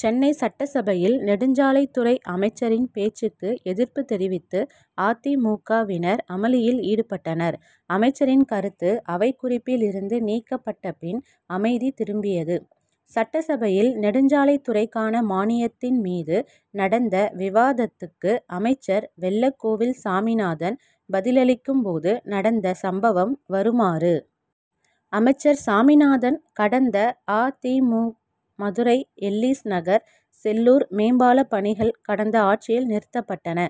சென்னை சட்டசபையில் நெடுஞ்சாலைத் துறை அமைச்சரின் பேச்சுக்கு எதிர்ப்பு தெரிவித்து அ. தி. மு. க.வினர் அமளியில் ஈடுபட்டனர். அமைச்சரின் கருத்து அவைக் குறிப்பில் இருந்து நீக்கப்பட்ட பின் அமைதி திரும்பியது. சட்டசபையில் நெடுஞ்சாலைத் துறைக்கான மானியத்தின் மீது நடந்த விவாதத்துக்கு அமைச்சர் வெள்ளக்கோவில் சாமிநாதன் பதிலளிக்கும் போது நடந்த சம்பவம் வருமாறு. அமைச்சர் சாமிநாதன் கடந்த அ. தி. மு. மதுரை எல்லீஸ் நகர் செல்லூர் மேம்பாலப் பணிகள் கடந்த ஆட்சியில் நிறுத்தப்பட்டன.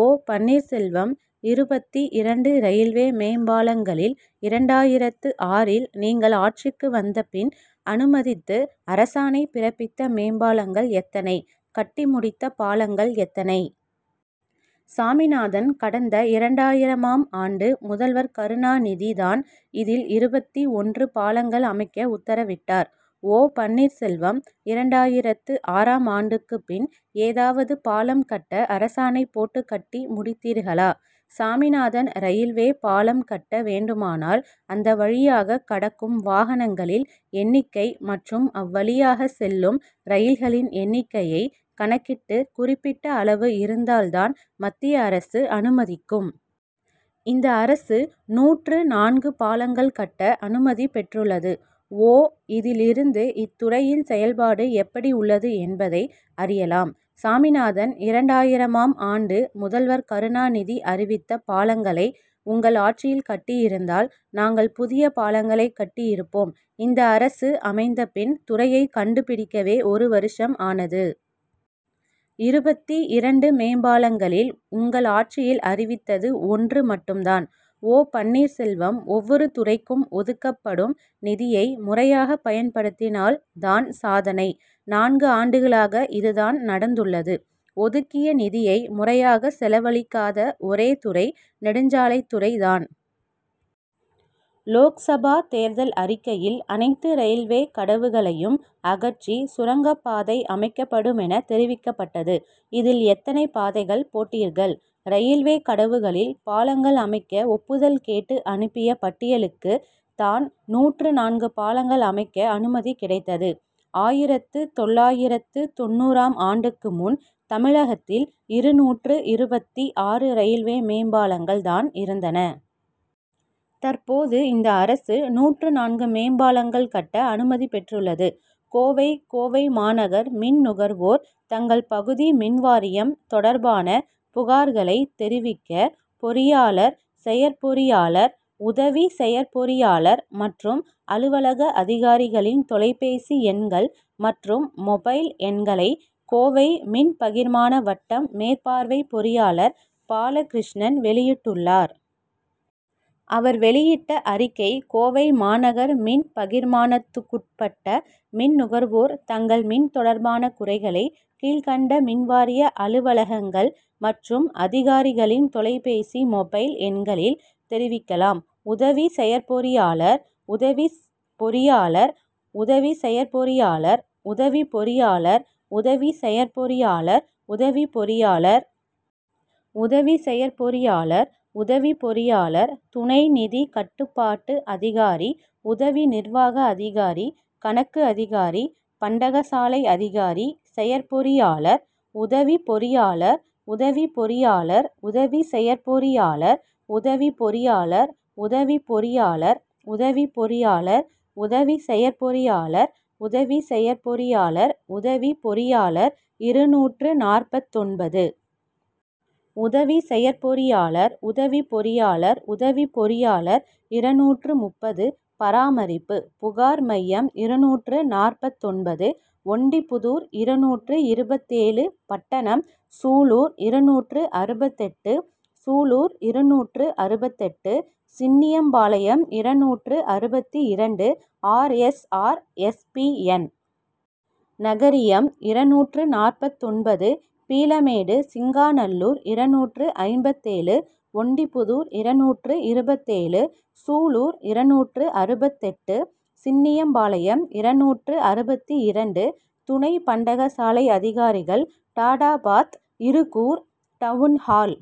ஓ. பன்னீர்செல்வம் இருபத்தி இரண்டு ரயில்வே மேம்பாலங்களில் இரண்டாயிரத்து ஆறில் நீங்கள் ஆட்சிக்கு வந்த பின் அனுமதித்து அரசாணை பிறப்பித்த மேம்பாலங்கள் எத்தனை? கட்டி முடித்த பாலங்கள் எத்தனை? சாமிநாதன் கடந்த இரண்டாயிரமாம் ஆண்டு முதல்வர் கருணாநிதி தான் இதில் இருபத்தி ஒன்று பாலங்கள் அமைக்க உத்தரவிட்டார். ஓ. பன்னீர்செல்வம் இரண்டாயிரத்து ஆறாம் ஆண்டுக்கு பின் ஏதாவது பாலம் கட்ட அரசாணை போட்டு கட்டி முடித்தீர்களா? சாமிநாதன் ரயில்வே பாலம் கட்ட வேண்டுமானால் அந்த வழியாக கடக்கும் வாகனங்களில் எண்ணிக்கை மற்றும் அவ்வழியாக செல்லும் ரயில்களின் எண்ணிக்கையை கணக்கிட்டு குறிப்பிட்ட அளவு இருந்தால் தான் மத்திய அரசு அனுமதிக்கும். இந்த அரசு நூற்று நான்கு பாலங்கள் கட்ட அனுமதி பெற்றுள்ளது. ஓ. இதில் இருந்து இத்துறையின் செயல்பாடு எப்படி உள்ளது என்பதை அறியலாம். சாமிநாதன் இரண்டாயிரமாம் ஆண்டு முதல்வர் கருணாநிதி அறிவித்த பாலங்களை உங்கள் ஆட்சியில் கட்டியிருந்தால் நாங்கள் புதிய பாலங்களை கட்டி இருப்போம். இந்த அரசு அமைந்த பின் துறையை கண்டுபிடிக்கவே ஒரு வருஷம் ஆனது. இருபத்தி இரண்டு மேம்பாலங்களில் உங்கள் ஆட்சியில் அறிவித்தது ஒன்று மட்டும் தான். ஓ. பன்னீர்செல்வம் ஒவ்வொரு துறைக்கும் ஒதுக்கப்படும் நிதியை முறையாக பயன்படுத்தினால் தான் சாதனை. நான்கு ஆண்டுகளாக இது தான் நடந்துள்ளது. ஒதுக்கிய நிதியை முறையாக செலவழிக்காத ஒரே துறை நெடுஞ்சாலைத் துறை தான். லோக்சபா தேர்தல் அறிக்கையில் அனைத்து ரயில்வே கடவுகளையும் அகற்றி சுரங்கப்பாதை அமைக்கப்படுமென தெரிவிக்கப்பட்டது. இதில் எத்தனை பாதைகள் போட்டீர்கள். ரயில்வே கடவுகளில் பாலங்கள் அமைக்க ஒப்புதல் கேட்டு அனுப்பிய பட்டியலுக்கு தான் நூற்று நான்கு பாலங்கள் அமைக்க அனுமதி கிடைத்தது. ஆயிரத்து தொள்ளாயிரத்து தொண்ணூறாம் ஆண்டுக்கு முன் தமிழகத்தில் இருநூற்று இருபத்தி ஆறு ரயில்வே மேம்பாலங்கள் தான் இருந்தன. தற்போது இந்த அரசு நூற்று நான்கு மேம்பாலங்கள் கட்ட அனுமதி பெற்றுள்ளது. கோவை கோவை மாநகர் மின் நுகர்வோர் தங்கள் பகுதி மின்வாரியம் தொடர்பான புகார்களை தெரிவிக்க பொறியாளர் செயற்பொறியாளர் உதவி செயற்பொறியாளர் மற்றும் அலுவலக அதிகாரிகளின் தொலைபேசி எண்கள் மற்றும் மொபைல் எண்களை கோவை மின்பகிர்மான வட்டம் மேற்பார்வை பொறியாளர் பாலகிருஷ்ணன் வெளியிட்டுள்ளார். அவர் வெளியிட்ட அறிக்கை கோவை மாநகர் மின் பகிர்மானத்துக்குட்பட்ட மின் நுகர்வோர் தங்கள் மின் தொடர்பான குறைகளை கீழ்கண்ட மின்வாரிய அலுவலகங்கள் மற்றும் அதிகாரிகளின் தொலைபேசி மொபைல் எண்களில் தெரிவிக்கலாம். உதவி செயற்பொறியாளர். உதவி பொறியாளர். உதவி செயற்பொறியாளர். உதவி பொறியாளர். உதவி செயற்பொறியாளர். உதவி பொறியாளர். உதவி செயற்பொறியாளர். உதவி பொறியாளர். துணை நிதி கட்டுப்பாட்டு அதிகாரி. உதவி நிர்வாக அதிகாரி. கணக்கு அதிகாரி. பண்டகசாலை அதிகாரி. செயற்பொறியாளர். உதவி பொறியாளர். உதவி பொறியாளர். உதவி செயற்பொறியாளர். உதவி பொறியாளர். உதவி பொறியாளர். உதவி பொறியாளர். உதவி செயற்பொறியாளர். உதவி செயற்பொறியாளர். உதவி பொறியாளர் இருநூற்று நாற்பத்தொன்பது. உதவி செயற்பொறியாளர். உதவி பொறியாளர். உதவி பொறியாளர் இருநூற்று முப்பது. பராமரிப்பு. புகார் மையம் இருநூற்று நாற்பத்தொன்பது. ஒண்டிப்புதூர் இருநூற்று இருபத்தேழு. பட்டணம். சூலூர் இருநூற்று அறுபத்தெட்டு. சூலூர் இருநூற்று அறுபத்தெட்டு. சின்னியம்பாளையம் இருநூற்று அறுபத்தி இரண்டு. R. S. R. S. P. N. நகரியம் இருநூற்று நாற்பத்தொன்பது. பீளமேடு. சிங்காநல்லூர் இருநூற்று ஐம்பத்தேழு. ஒண்டிப்புதூர் இருநூற்று இருபத்தேழு. சூலூர் இருநூற்று அறுபத்தெட்டு. சின்னியம்பாளையம் இருநூற்று அறுபத்தி இரண்டு. துணை பண்டக சாலை அதிகாரிகள் டாடாபாத். இருகூர். டவுன்ஹால்.